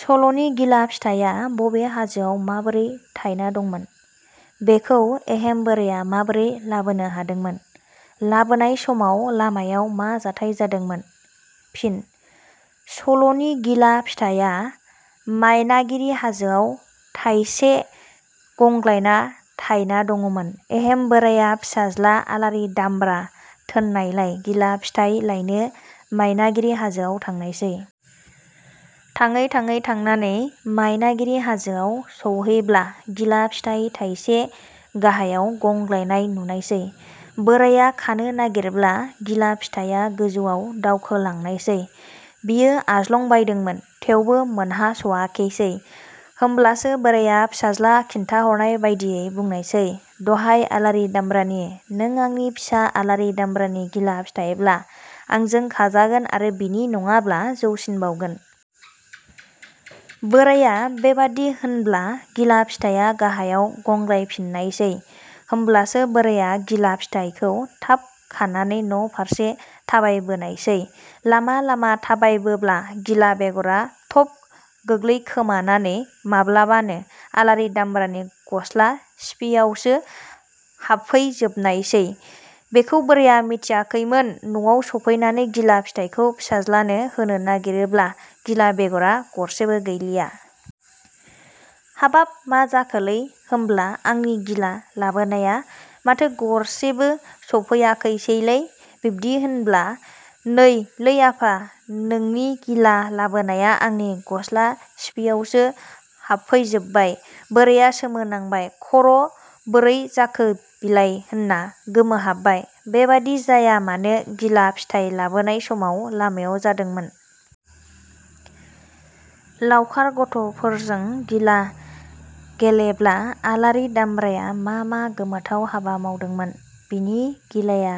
सल'नि गिला फिथाइया बबे हाजोआव माबोरै थायना दंमोन? बेखौ एहेम बोराइया माबोरै लाबोनो हादोंमोन? लाबोनाय समाव लामायाव मा जाथाइ जादोंमोन? फिन: सल'नि गिला फिथाइया मायनागिरि हाजोआव थाइसे गंग्लाना थायना दंमोन। एहेम बोराया फिसाज्ला आलारि दामब्रा थोननायलाय गिला फिथाइ लायनो मायनागिरि हाजोआव थांनायसै। थाङै थाङै थांनानै मायनागिरि हाजोआव सहैब्ला गिला फिथाइ थाइसे गाहायाव गंग्लायनाय नुनायसै। बोराया खानो नागिरब्ला गिला फिथाइया गोजौआव दावखोलांनायसै। बियो आज्लंबायदोंमोन। थेवबो मोनहास'आखिसै। होमब्लासो बोराइया फिसाज्ला खिन्थाहरनाय बादियै बुंनायसै "दहाय आलारि दामब्रानि। " नों आंनि फिसा आलारि दामब्रानि गिला फिथाइब्ला आंजो खाजागोन आरो बिनि नडाब्ला जौसिनबावगोन। बोराया बेबादि होनब्ला गिला फिथाया गाहायाव गंग्लायफिननायसै। होमब्लासो बोराया गिला फिथाइखौ थाब खानानै न'फारसे थाबायबोनायसै। लामा लामा थाबायबोब्ला गिला बेगरा थब गोलैखोमानानै माब्लाबानो आलारि दामब्रानि गस्ला सिफियावसो हाबफैजोबनायसै। बेखौ बोराया मिथियाखैमोन। न'आव सफैनानै गिला फिथाइखौ फिसाज्लानो होनो नागिरोब्ला गिला बेगरा गरसेबो गैलिया। "हाबाव, मा जाखोलै होमब्ला आंनि गिला लाबोनाया? माथो गरसेबबो सफैयाखिसैलै। बिदि होनब्ला, "नै लै आफा, नोंनि गिला लाबोनाया आंनि गसला सिफियावसो हाबफैजोबबाय। " बोराया सोमोनांबाय, खर' बोरै जाखो बिलाय होनना गोमोहाबबाय। बेबादि जायामानो गिला फिथाइ लाबोनाय समाव लामायाव जादोंमोन।. लावखार गथ 'फोरजों गिला गेलेब्ला आलारि दामब्राया मा मा गोमोथाव हाबा मावदोंमोन? बिनि गिलाया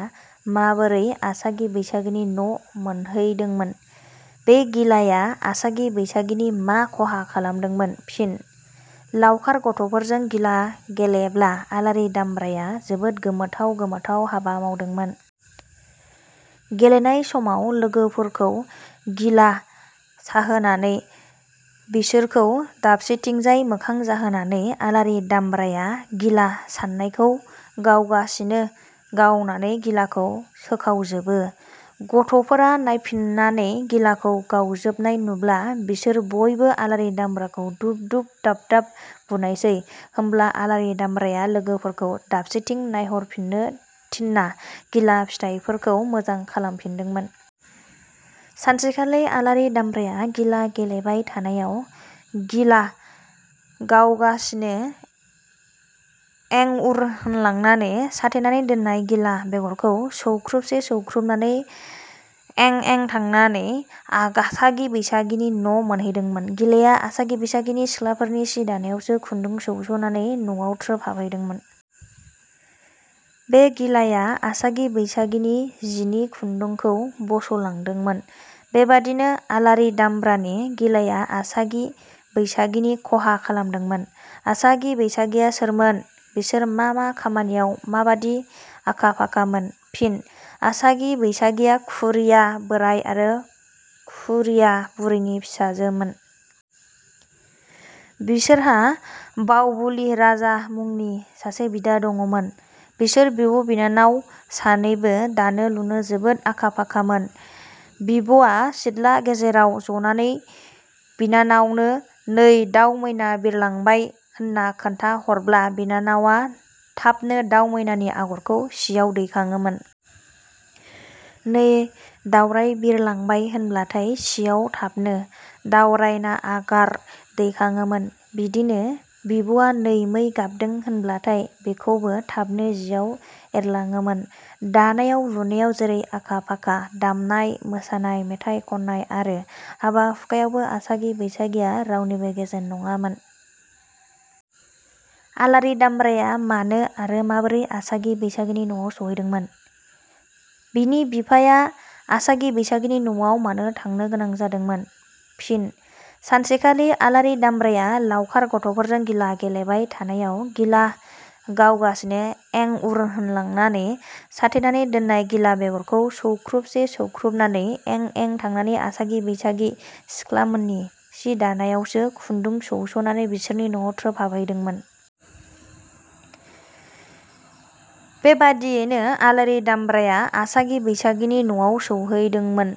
माबोरै आसागि बैसागिनि न' मोनहैदोंमोन? बे गिलाया आसागि बैसागिनि मा खहा खालामदोंमोन? फिन: लावखार गथ'फोरजों गिला गेलेब्ला आलारि दामब्राया जोबोद गोमोथाव गोमोथाव हाबा मावदोंमोन। गेलेनाय समाव लोगोफोरखौ गिला साहोनानै बिससोरखौ दाबसेथिंजाय मोखां जाहोनानै आलारि दामब्राया गिला सानायखौ गावगासिनो गावनानै गिलाखौ सोखावजोबो। गथ'फोरा नायफिननानै गिलाखौ गावजोबनाय नुब्ला बिसोर बयबो आलारि दामब्राखौ दुब-दुब दाब-दाब बुनायसै। होमब्ला आलारि दामब्राया लोगोफोरखौ दाबसेथिं नायहरफिननो थिनना गिला फिथाइफोरखौ मोजां खालामफिनदोंमोन। सानसेखालि आलारि दामब्राया गिला गेलेबाय थानायाव गिला गावगासिनो एं-उर होनलांनानै साथेनानै दोननाय गिला बेगरखौ सौख्रुबसे सौख्रुबनानै एं-एं थांनानै आसागि बैसागिनि न' मोनहैदोंमोन। गिलाया आसागि बैसागि सिख्लाफोरनि सि दानायावसो खुन्दुं सौस'नानै नवाव थ्रोब हाबहैदोंमोन। बे गिलाया आसागि बैसागिनि जिनि खुन्दुंखौ बस'लांदोंमोन। बेबादिनो आलारि दामब्रानि गिलाया आसागि बैसागिनि खहा खालामदोंमोन।. आसागि बैसागिया सोरमोन? बिसोर मा मा खामानियाव माबादि आखा- फाखामोन? फिनः आसागि बैसागिया खुरिया बोराइ आरो खुरिया बुरैनि फिसाजोमोन। बिसोरहा बावबुलि राजा मुंनि सासे बिदा दंमोन। बिसोर बिब' बिनानाव सानैबो दानो लुनो जोबोद आखा- फाखामोन। बिब'वा सिथला गेजेराव जनानै बिनानावनो- नै दाउ मैना बिरलांबाय होनना खोन्था हरब्ला बिनानावा थाबनो दाउ मैनानि आगरखौ सियाव दैखाङोमोन। नै दाउराय बिरलांबाय होनब्लाथाय सियाव थाबनो दावरायना आगार दैखाङोमोन। बिदिनो बिब'वा नै मै गाबदों होनब्लाथाय बेखौबो थाबनो जियाव एरलाङोमोन। दानायाव लुनायाव जैरै आखा-फाखा, दामनाय मोसानाय, मेथाइ खननाय आरो हाबा-हुखायावबो आसागि बैसागिया रावनिबो गेजेन नङामोन।. आलारि दामब्राया मानो आरो माबोरै आसागि बैसागिनि नआव सहैदोंमोन? बिनि बिफाया आसागि बैसागिनि नआव मानो थांनोगोनां जादोंमोन? फिनः सानसेखालि आलारि दामब्राया लावखार गथ'फोरजों गिला गेलेबाय थानायाव गिला गावगासिनो एं-उर होनलांनानै साथेनानै दोननाय गिला बेगरखौ सौख्रुबसे सौख्रुबनानै एं-एं थांनानै आसागि बैसागि सिख्लाममोननि सि दानायावसो खुन्दुं सौस'नानै बिसोरनि नवाव थ्रोब हाबहैदोंमोन। बेबादयैनो आलारि दामब्राया आसागि बैसागिनि न'आव सौहैदोंममोन।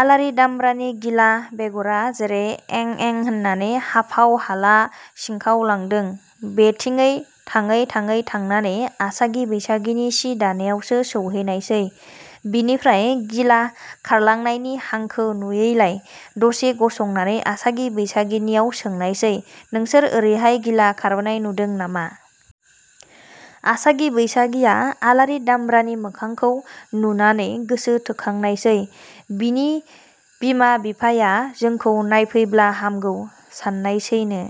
आलारि दामब्रानि गिला बेगरा जेरै एं-एं होननानै हाफाव हाला सिंखावलांदों बेथिङै थाङै थाङै थांनानै आसागि बैसागिनि सि दानायावसो सौहैनायसै। बिनिफ्राय गिला खारलांनायनि हांखो नुयैलाय दसे गसंनानै आसागि बैसागिनियाव सोंनायसै – नोंसोर ओरैहाय गिला खारबोनाय नुदों नामा? आसागि बैसागिया आलारि दामब्रानि मोखांखौ नुनानै गोसो थोखांनायसै। बिनि बिमा बिफाया जोंखौ नायफैब्ला हामगौ साननायसैनो।